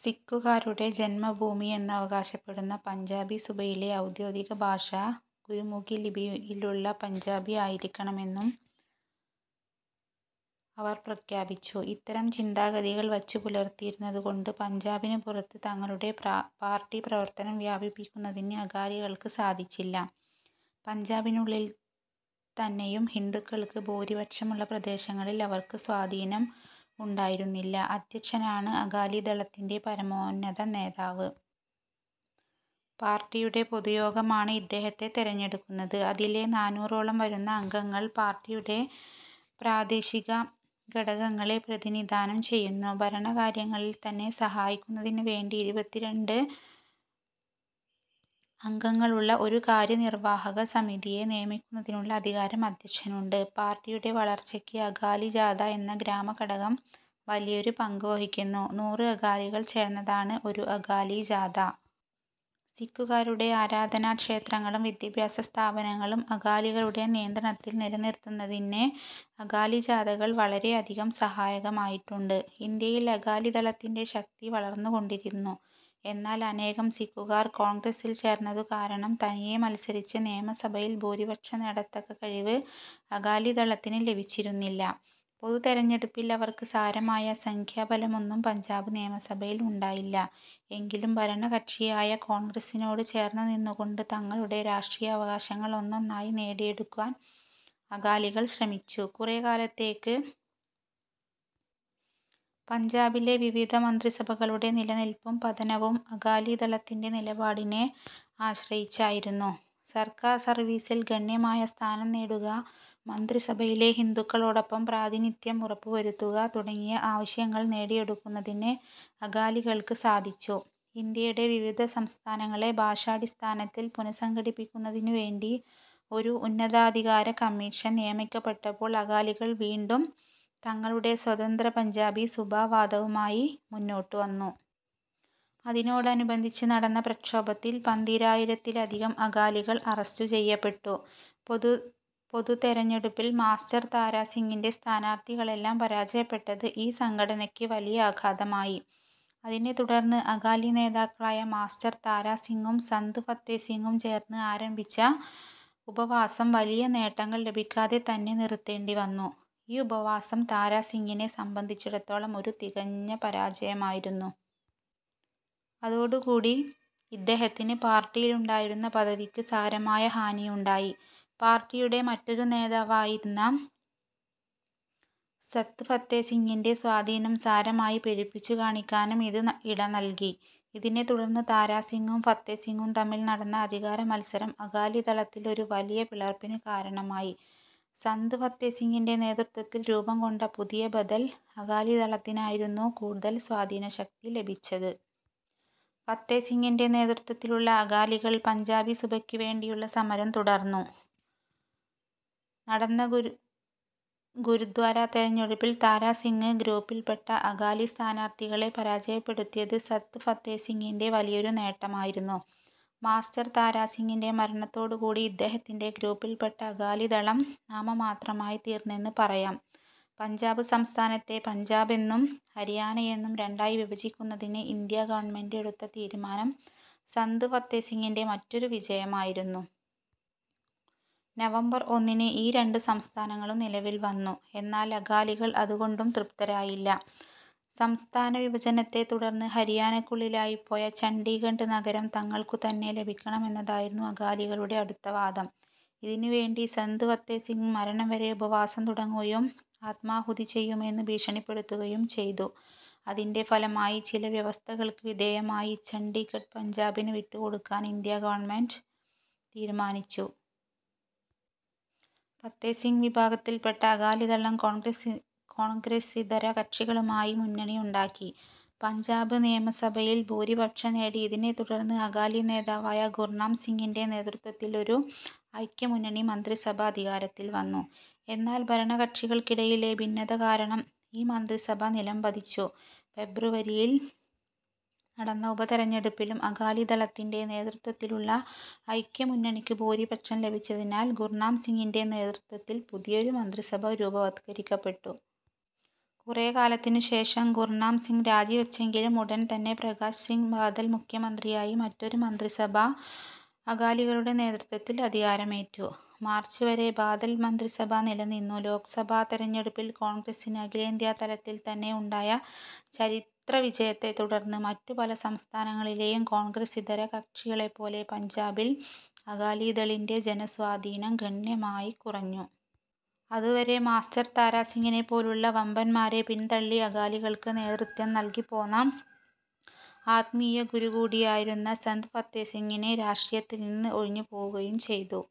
സിക്കുകാരുടെ ജന്മഭൂമി എന്നവകാശപ്പെടാവുന്ന പഞ്ചാബി സുബയിലെ ഔദ്യോഗിക ഭാഷ ഗുരുമുഖിലിപിയിലുള്ള പഞ്ചാബി ആയിരിക്കണമെന്നും അവർ പ്രഖ്യാപിച്ചു. ഇത്തരം ചിന്താഗതികൾ വച്ചുപുലർത്തിയിരുന്നതുകൊണ്ട് പഞ്ചാബിന് പുറത്ത് തങ്ങളുടെ പാർട്ടി പ്രവർത്തനം വ്യാപിപ്പിക്കുന്നതിന് അകാലികൾക്ക് സാധിച്ചില്ല. പഞ്ചാബിനുള്ളിൽ തന്നെയും ഹിന്ദുക്കൾക്ക് ഭൂരിപക്ഷമുള്ള പ്രദേശങ്ങളിൽ അവർക്ക് സ്വാധീനം ഉണ്ടായിരുന്നില്ല. അധ്യക്ഷനാണ് അകാലിദളത്തിൻ്റെ പരമോന്നത നേതാവ്. പാർട്ടിയുടെ പൊതുയോഗമാണ് ഇദ്ദേഹത്തെ തെരഞ്ഞെടുക്കുന്നത്. അതിലെ നാനൂറോളം വരുന്ന അംഗങ്ങൾ പാർട്ടിയുടെ പ്രാദേശിക ഘടകങ്ങളെ പ്രതിനിധാനം ചെയ്യുന്നു. ഭരണകാര്യങ്ങളിൽ തന്നെ സഹായിക്കുന്നതിനുവേണ്ടി ഇരുപത്തിരണ്ട് അംഗങ്ങളുള്ള ഒരു കാര്യനിർവാഹക സമിതിയെ നിയമിക്കുന്നതിനുള്ള അധികാരം അധ്യക്ഷനുണ്ട്. പാർട്ടിയുടെ വളർച്ചയ്ക്ക് അകാലിജാഥ എന്ന ഗ്രാമഘടകം വലിയൊരു പങ്കു വഹിക്കുന്നു. നൂറ് അകാലികൾ ചേർന്നതാണ് ഒരു അകാലിജാഥ. സിക്കുകാരുടെ ആരാധനാക്ഷേത്രങ്ങളും വിദ്യാഭ്യാസസ്ഥാപനങ്ങളും അകാലികളുടെ നിയന്ത്രണത്തിൽ നിലനിർത്തുന്നതിന് അകാലിജാഥകൾ വളരെയധികം സഹായകമായിട്ടുണ്ട്. ഇന്ത്യയിൽ അകാലിദളത്തിൻ്റെ ശക്തി വളർന്നുകൊണ്ടിരുന്നു. എന്നാൽ അനേകം സിക്കുകാർ കോൺഗ്രസ്സിൽ ചേർന്നതുകാരണം തനിയെ മത്സരിച്ച് നിയമസഭയിൽ ഭൂരിപക്ഷം നേടത്തക്ക കഴിവ് അകാലിദളത്തിന് ലഭിച്ചിരുന്നില്ല. പൊതുതെരഞ്ഞെടുപ്പിൽ അവർക്ക് സാരമായ സംഖ്യാബലമൊന്നും പഞ്ചാബ് നിയമസഭയിൽ ഉണ്ടായില്ല. എങ്കിലും ഭരണകക്ഷിയായ കോൺഗ്രസ്സിനോട് ചേർന്നുനിന്നുകൊണ്ട് തങ്ങളുടെ രാഷ്ട്രീയാവകാശങ്ങൾ ഒന്നൊന്നായി നേടിയെടുക്കുവാൻ അകാലികൾ ശ്രമിച്ചു. കുറെക്കാലത്തേക്ക് പഞ്ചാബിലെ വിവിധ മന്ത്രിസഭകളുടെ നിലനിൽപും പതനവും അകാലിദളത്തിൻ്റെ നിലപാടിനെ ആശ്രയിച്ചായിരുന്നു. സർക്കാർ സർവീസിൽ ഗണ്യമായ സ്ഥാനം നേടുക, മന്ത്രിസഭയിലെ ഹിന്ദുക്കളോടൊപ്പം പ്രാതിനിധ്യം ഉറപ്പുവരുത്തുക തുടങ്ങിയ ആവശ്യങ്ങൾ നേടിയെടുക്കുന്നതിന് അകാലികൾക്ക് സാധിച്ചു. ഇന്ത്യയുടെ വിവിധ സംസ്ഥാനങ്ങളെ ഭാഷാടിസ്ഥാനത്തിൽ പുനഃസംഘടിപ്പിക്കുന്നതിനുവേണ്ടി ഒരു ഉന്നതാധികാര കമ്മീഷൻ നിയമിക്കപ്പെട്ടപ്പോൾ അകാലികൾ വീണ്ടും തങ്ങളുടെ സ്വതന്ത്ര പഞ്ചാബി സുബാ വാദവുമായി മുന്നോട്ടുവന്നു. അതിനോടനുബന്ധിച്ച് നടന്ന പ്രക്ഷോഭത്തിൽ പന്തീരായിരത്തിലധികം അകാലികൾ അറസ്റ്റുചെയ്യപ്പെട്ടു. പൊതുതെരഞ്ഞെടുപ്പിൽ മാസ്റ്റർ താരാസിങ്ങിൻ്റെ സ്ഥാനാർഥികളെല്ലാം പരാജയപ്പെട്ടത് ഈ സംഘടനയ്ക്ക് വലിയ ആഘാതമായി. അതിനെത്തുടർന്ന് അകാലി നേതാക്കളായ മാസ്റ്റർ താരാസിങ്ങും സന്ത് ഫത്തേസിങ്ങും ചേർന്ന് ആരംഭിച്ച ഉപവാസം വലിയ നേട്ടങ്ങൾ ലഭിക്കാതെതന്നെ നിറുത്തേണ്ടിവന്നു. ഈ ഉപവാസം താരാസിങ്ങിനെ സംബന്ധിച്ചിടത്തോളം ഒരു തികഞ്ഞ പരാജയമായിരുന്നു. അതോടുകൂടി ഇദ്ദേഹത്തിന് പാർട്ടിയിലുണ്ടായിരുന്ന പദവിക്ക് സാരമായ ഹാനിയുണ്ടായി. പാർട്ടിയുടെ മറ്റൊരു നേതാവായ സന്ത് ഫത്തേസിങ്ങിൻ്റെ സ്വാധീനം സാരമായി പെരുപ്പിച്ചു കാണിക്കാനും ഇത് ഇടനൽകി. ഇതിനെത്തുടർന്ന് താരാസിങ്ങും ഫത്തേസിങ്ങും തമ്മിൽ നടന്ന അധികാരമത്സരം അകാലിദളത്തിൽ ഒരു വലിയ പിളർപ്പിന് കാരണമായി. സന്ത് ഫത്തേസിങ്ങിൻ്റെ നേതൃത്വത്തിൽ രൂപംകൊണ്ട പുതിയ ബദൽ അകാലിദളത്തിനായിരുന്നു കൂടുതൽ സ്വാധീനശക്തി ലഭിച്ചത്. ഫത്തേസിങ്ങിൻ്റെ നേതൃത്വത്തിലുള്ള അകാലികൾ പഞ്ചാബി സുബയ്ക്കുവേണ്ടിയുള്ള സമരം തുടർന്നു. നടന്ന ഗുരുദ്വാര തെരഞ്ഞെടുപ്പിൽ താരാസിങ് ഗ്രൂപ്പിൽപ്പെട്ട അകാലി സ്ഥാനാർഥികളെ പരാജയപ്പെടുത്തിയത് സന്ത് ഫത്തേസിങ്ങിൻ്റെ വലിയൊരു നേട്ടമായിരുന്നു. മാസ്റ്റർ താരാസിങ്ങിൻ്റെ മരണത്തോടുകൂടി ഇദ്ദേഹത്തിൻ്റെ ഗ്രൂപ്പിൽപ്പെട്ട അകാലിദളം നാമമാത്രമായിത്തീർന്നെന്ന് പറയാം. പഞ്ചാബ് സംസ്ഥാനത്തെ പഞ്ചാബെന്നും ഹരിയാനയെന്നും രണ്ടായി വിഭജിക്കുന്നതിന് ഇന്ത്യാ ഗവൺമെന്റ് എടുത്ത തീരുമാനം സന്ത് ഫത്തേസിങ്ങിൻ്റെ മറ്റൊരു വിജയമായിരുന്നു. നവംബർ ഒന്നിന് ഈ രണ്ട് സംസ്ഥാനങ്ങളും നിലവിൽവന്നു. എന്നാൽ അകാലികൾ അതുകൊണ്ടും തൃപ്തരായില്ല. സംസ്ഥാന വിഭജനത്തെത്തുടർന്ന് ഹരിയാനയ്ക്കുള്ളിലായിപ്പോയ ചണ്ഡിഗഢ് നഗരം തങ്ങൾക്കുതന്നെ ലഭിക്കണമെന്നതായിരുന്നു അകാലികളുടെ അടുത്ത വാദം. ഇതിനുവേണ്ടി സന്ത് ഫത്തേസിങ് മരണംവരെ ഉപവാസം തുടങ്ങുകയും ആത്മാഹുതി ചെയ്യുമെന്നു ഭീഷണിപ്പെടുത്തുകയും ചെയ്തു. അതിൻ്റെ ഫലമായി ചില വ്യവസ്ഥകൾക്ക് വിധേയമായി ചണ്ഡിഗഢ് പഞ്ചാബിന് വിട്ടുകൊടുക്കുവാൻ ഇന്ത്യാ ഗവൺമെന്റ് തീരുമാനിച്ചു. പൊതുതെരഞ്ഞെടുപ്പിൽ ഫത്തേസിങ് വിഭാഗത്തിൽപ്പെട്ട അകാലിദളം കോൺഗ്രസ്സിതര കക്ഷികളുമായി മുന്നണിയുണ്ടാക്കി പഞ്ചാബ് നിയമസഭയിൽ ഭൂരിപക്ഷം നേടി. ഇതിനെത്തുടർന്ന് അകാലി നേതാവായ ഗുർണാംസിങ്ങിൻ്റെ നേതൃത്വത്തിൽ ഒരു ഐക്യമുന്നണി മന്ത്രിസഭ അധികാരത്തിൽ വന്നു. എന്നാൽ ഭരണകക്ഷികൾക്കിടയിലെ ഭിന്നത കാരണം ഈ മന്ത്രിസഭ നിലംപതിച്ചു. ഫെബ്രുവരിയിൽ നടന്ന ഉപതെരഞ്ഞെടുപ്പിലും അകാലിദളത്തിൻ്റെ നേതൃത്വത്തിലുള്ള ഐക്യമുന്നണിക്ക് ഭൂരിപക്ഷം ലഭിച്ചതിനാൽ ഗുർണാംസിങ്ങിൻ്റെ നേതൃത്വത്തിൽ പുതിയൊരു മന്ത്രിസഭ രൂപവത്കരിക്കപ്പെട്ടു. കുറേക്കാലത്തിനുശേഷം ഗുർണാംസിങ് രാജിവച്ചെങ്കിലും ഉടൻതന്നെ പ്രകാശ് സിങ് ബാദൽ മുഖ്യമന്ത്രിയായി മറ്റൊരു മന്ത്രിസഭ അകാലികളുടെ നേതൃത്വത്തിൽ അധികാരമേറ്റു. മാർച്ച് വരെ ബാദൽ മന്ത്രിസഭ നിലനിന്നു. ലോക്സഭാ തെരഞ്ഞെടുപ്പിൽ കോൺഗ്രസ്സിന് അഖിലേന്ത്യാതലത്തിൽതന്നെ ഉണ്ടായ ചരിത്രവിജയത്തെത്തുടർന്ന് മറ്റു പല സംസ്ഥാനങ്ങളിലെയും കോൺഗ്രസ്സിതര കക്ഷികളെപ്പോലെ പഞ്ചാബിൽ അകാലിദളിൻ്റെ ജനസ്വാധീനം ഗണ്യമായി കുറഞ്ഞു. അതുവരെ മാസ്റ്റർ താരാസിങ്ങിനെപ്പോലുള്ള വമ്പന്മാരെ പിൻതള്ളി അകാലികൾക്ക് നേതൃത്വം നൽകിപ്പോന്ന ആത്മീയഗുരുകൂടിയായിരുന്ന സന്ത് ഫത്തേസിങ് രാഷ്ട്രീയത്തിൽനിന്ന് ഒഴിഞ്ഞുപോവുകയും ചെയ്തു.